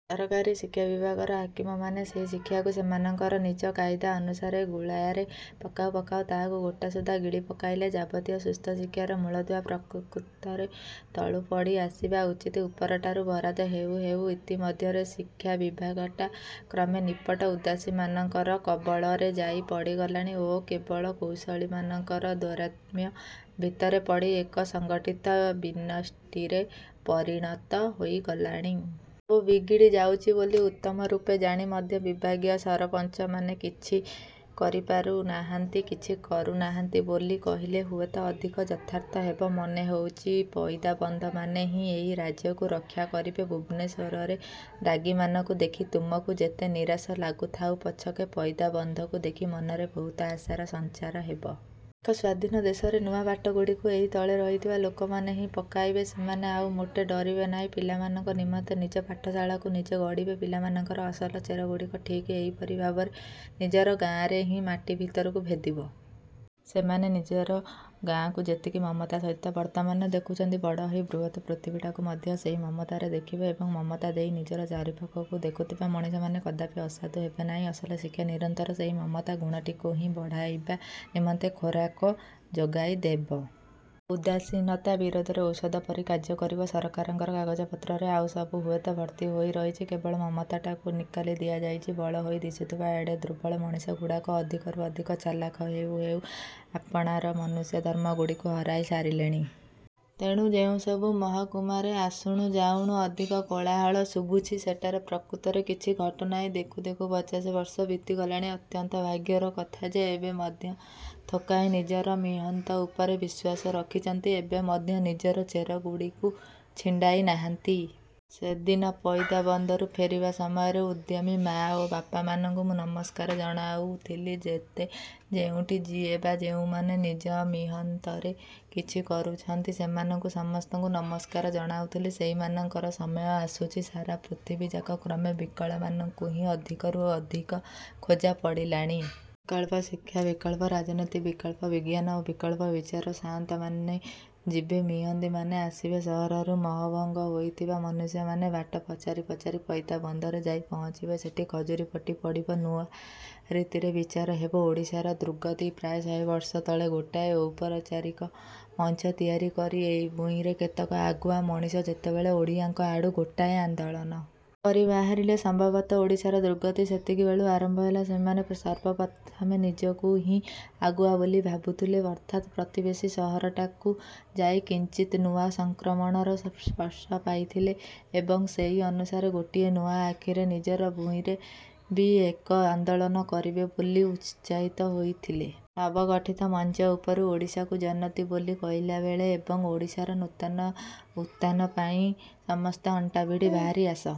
ସରକାରୀ ଶିକ୍ଷାବିଭାଗର ହାକିମମାନେ ସେହି ଶିକ୍ଷାକୁ ସେମାନଙ୍କର ନିଜ କାଇଦା ଅନୁସାରେ ଗୁଳାରେ ପକାଉ ପକାଉ ତାହାକୁ ଗୋଟାସୁଦ୍ଧା ଗିଳି ପକାଇଲେ। ଯାବତୀୟ ସୁସ୍ଥ ଶିକ୍ଷାର ମୂଳଦୁଆ ପ୍ରକୃତରେ ତଳୁ ପଡ଼ି ଆସିବା ଉଚିତ। ଉପରଟାରୁ ବରାଦ ହେଉ ହେଉ ଇତି ମଧ୍ୟରେ ଶିକ୍ଷାବିଭାଗଟା କ୍ରମେ ନିପଟ ଉଦାସୀନମାନଙ୍କର କବଳରେ ଯାଇ ପଡ଼ିଗଲାଣି ଓ କେବଳ କୌଶଳୀମାନଙ୍କର ଦୌରାତ୍ମ୍ୟ ଭିତରେ ପଡ଼ି ଏକ ସଂଗଠିତ ବିନଷ୍ଟିରେ ପରିଣତ ହୋଇଗଲାଣି। ସବୁ ବିଗିଡ଼ି ଯାଉଛି ବୋଲି ଉତ୍ତମ ରୂପେ ଜାଣି ମଧ୍ୟ ବିଭାଗୀୟ ସରପଞ୍ଚମାନେ କିଛି କରିପାରୁ ନାହାନ୍ତି। କିଛି କରୁନାହାନ୍ତି ବୋଲି କହିଲେ ହୁଏତ ଅଧିକ ଯଥାର୍ଥ ହେବ। ମନେହେଉଛି, ପଇଦାବନ୍ଧମାନେ ହିଁ ଏହି ରାଜ୍ୟକୁ ରକ୍ଷା କରିବେ। ଭୁବନେଶ୍ୱରରେ ଦାଗୀମାନଙ୍କୁ ଦେଖି ତୁମକୁ ଯେତେ ନିରାଶ ଲାଗୁଥାଉ ପଛକେ, ପଇଦାବନ୍ଧକୁ ଦେଖି ମନରେ ବହୁତ ଆଶାର ସଂଚାର ହେବ। ଏକ ସ୍ୱାଧୀନ ଦେଶରେ ନୂଆ ବାଟଗୁଡ଼ିକୁ ଏହି ତଳେ ରହିଥିବା ଲୋକମାନେ ହିଁ ପକାଇବେ। ସେମାନେ ଆଉ ମୋଟେ ଡ଼ରିବେ ନାହିଁ। ପିଲାମାନଙ୍କ ନିମନ୍ତେ ନିଜ ପାଠଶାଳାକୁ ନିଜେ ଗଢ଼ିବେ। ପିଲାମାନଙ୍କର ଅସଲ ଚେରଗୁଡ଼ିକ ଠିକ୍ ଏହିପରି ଭାବରେ ନିଜର ଗାଆଁରେ ହିଁ ମାଟି ଭିତରକୁ ଭେଦିବ। ସେମାନେ ନିଜର ଗାଆଁକୁ ଯେତିକି ମମତା ସହିତ ବର୍ତ୍ତମାନ ଦେଖୁଛନ୍ତି, ବଡ଼ ହୋଇ ବୃହତ୍ ପୃଥିବୀଟାକୁ ମଧ୍ୟ ସେହି ମମତାରେ ଦେଖିବେ ଏବଂ ମମତା ଦେଇ ନିଜର ଚାରିପାଖକୁ ଦେଖୁଥିବା ମଣିଷମାନେ କଦାପି ଅସାଧୁ ହେବେନାହିଁ। ଅସଲ ଶିକ୍ଷା ନିରନ୍ତର ସେହି ମମତା ଗୁଣଟିକୁ ହିଁ ବଢ଼ାଇବା ନିମନ୍ତେ ଖୋରାକ ଯୋଗାଇଦେବ। ଉଦାସୀନତା ବିରୋଧରେ ଔଷଧ ପରି କାର୍ଯ୍ୟ କରିବ। ସରକାରଙ୍କର କାଗଜପତ୍ରରେ ଆଉ ସବୁ ହୁଏତ ଭର୍ତ୍ତି ହୋଇ ରହିଛି, କେବଳ ମମତାଟାକୁ ନିକାଲି ଦିଆଯାଇଛି। ବଳ ବୋଲି ଦିଶୁଥିବା ଏଡ଼େ ଦୁର୍ବଳ ମଣିଷଗୁଡ଼ାକ ଅଧିକରୁ ଅଧିକ ଚାଲାଖ ହେଉ ହେଉ ଆପଣାର ମନୁଷ୍ୟଧର୍ମଗୁଡ଼ିକୁ ହରାଇ ସାରିଲେଣି। ତେଣୁ, ଯେଉଁସବୁ ମହକୁମାରେ ଆସୁଣୁ ଯାଉଣୁ ଅଧିକ କୋଳାହଳ ଶୁଭୁଛି, ସେଠାରେ ପ୍ରକୃତରେ କିଛି ଘଟୁନାହିଁ। ଦେଖୁ ଦେଖୁ ପଚାଶ ବର୍ଷ ବିତିଗଲାଣି। ଅତ୍ୟନ୍ତ ଭାଗ୍ୟର କଥା ଯେ ଏବେ ମଧ୍ୟ ଥୋକାଏ ନିଜର ମିହନ୍ତ ଉପରେ ବିଶ୍ୱାସ ରଖିଛନ୍ତି। ଏବେ ମଧ୍ୟ ନିଜର ଚେର ଗୁଡ଼ିକୁ ଛିଣ୍ଡାଇ ନାହାନ୍ତି। ସେଦିନ ପଇଦାବନ୍ଧରୁ ଫେରିବା ସମୟରେ, ଉଦ୍ୟମୀ ମାଆ ଓ ବାପାମାନଙ୍କୁ ମୁଁ ନମସ୍କାର ଜଣାଉଥିଲି। ଯେତେ ଯେଉଁଠି ଯିଏ ବା ଯେଉଁମାନେ ନିଜ ମିହନ୍ତରେ କିଛି କରୁଛନ୍ତି, ସେମାନଙ୍କୁ ସମସ୍ତଙ୍କୁ ନମସ୍କାର ଜଣାଉଥିଲି। ସେଇମାନଙ୍କର ସମୟ ଆସୁଛି। ସାରା ପୃଥିବୀଯାକ କ୍ରମେ ବିକଳ୍ପମାନଙ୍କୁ ହିଁ ଅଧିକରୁ ଅଧିକ ଖୋଜା ପଡ଼ିଲାଣି। ବିକଳ୍ପ ଶିକ୍ଷା, ବିକଳ୍ପ ରାଜନୀତି, ବିକଳ୍ପ ବିଜ୍ଞାନ ଓ ବିକଳ୍ପ ବିଚାର। ସାଆନ୍ତମାନେ ଯିବେ, ମିହନ୍ତୀମାନେ ଆସିବେ। ସହରରୁ ମୋହଭଙ୍ଗ ହୋଇଥିବା ମନୁଷ୍ୟମାନେ ବାଟ ପଚାରି ପଚାରି ପଇଦାବନ୍ଧରେ ଯାଇ ପହଞ୍ଚିବେ। ସେଠି ଖଜୁରିପଟି ପଡ଼ିବ। ନୂଆ ରୀତିରେ ବିଚାର ହେବ। ଓଡ଼ିଶାର ଦୁର୍ଗତି ପ୍ରାୟ ଶହେ ବର୍ଷ ତଳେ ଗୋଟାଏ ଔପଚାରିକ ମଞ୍ଚ ତିଆରି କରି ଏହି ଭୂଇଁର କେତେକ ଆଗୁଆ ମଣିଷ ଯେତେବେଳେ ଓଡ଼ିଆଙ୍କ ଆଡୁ ଗୋଟାଏ ଆନ୍ଦୋଳନ। କରି ବାହାରିଲେ, ସମ୍ଭବତଃ ଓଡ଼ିଶାର ଦୁର୍ଗତି ସେତିକିବେଳୁ ଆରମ୍ଭ ହେଲା। ସେମାନେ ସର୍ବପ୍ରଥମେ ନିଜକୁ ହିଁ ଆଗୁଆ ବୋଲି ଭାବୁଥିଲେ, ଅର୍ଥାତ୍ ପ୍ରତିବେଶୀ ସହରଟାକୁ ଯାଇ କିଞ୍ଚିତ୍ ନୂଆ ସଂକ୍ରମଣର ସ୍ପର୍ଶ ପାଇଥିଲେ ଏବଂ ସେହି ଅନୁସାରେ ଗୋଟିଏ ନୂଆ ଆଖିରେ ନିଜର ଭୂଇଁରେ ବି ଏକ ଆନ୍ଦୋଳନ କରିବେ ବୋଲି ଉତ୍ସାହିତ ହୋଇଥିଲେ। ନବଗଠିତ ମଞ୍ଚ ଉପରୁ ଓଡ଼ିଶାକୁ ଜନତୀ ବୋଲି କହିଲାବେଳେ ଏବଂ ଓଡ଼ିଶାର ନୂତନ ଉତ୍ଥାନ ପାଇଁ ସମସ୍ତେ ଅଣ୍ଟାଭିଡ଼ି ବାହାରି ଆସ।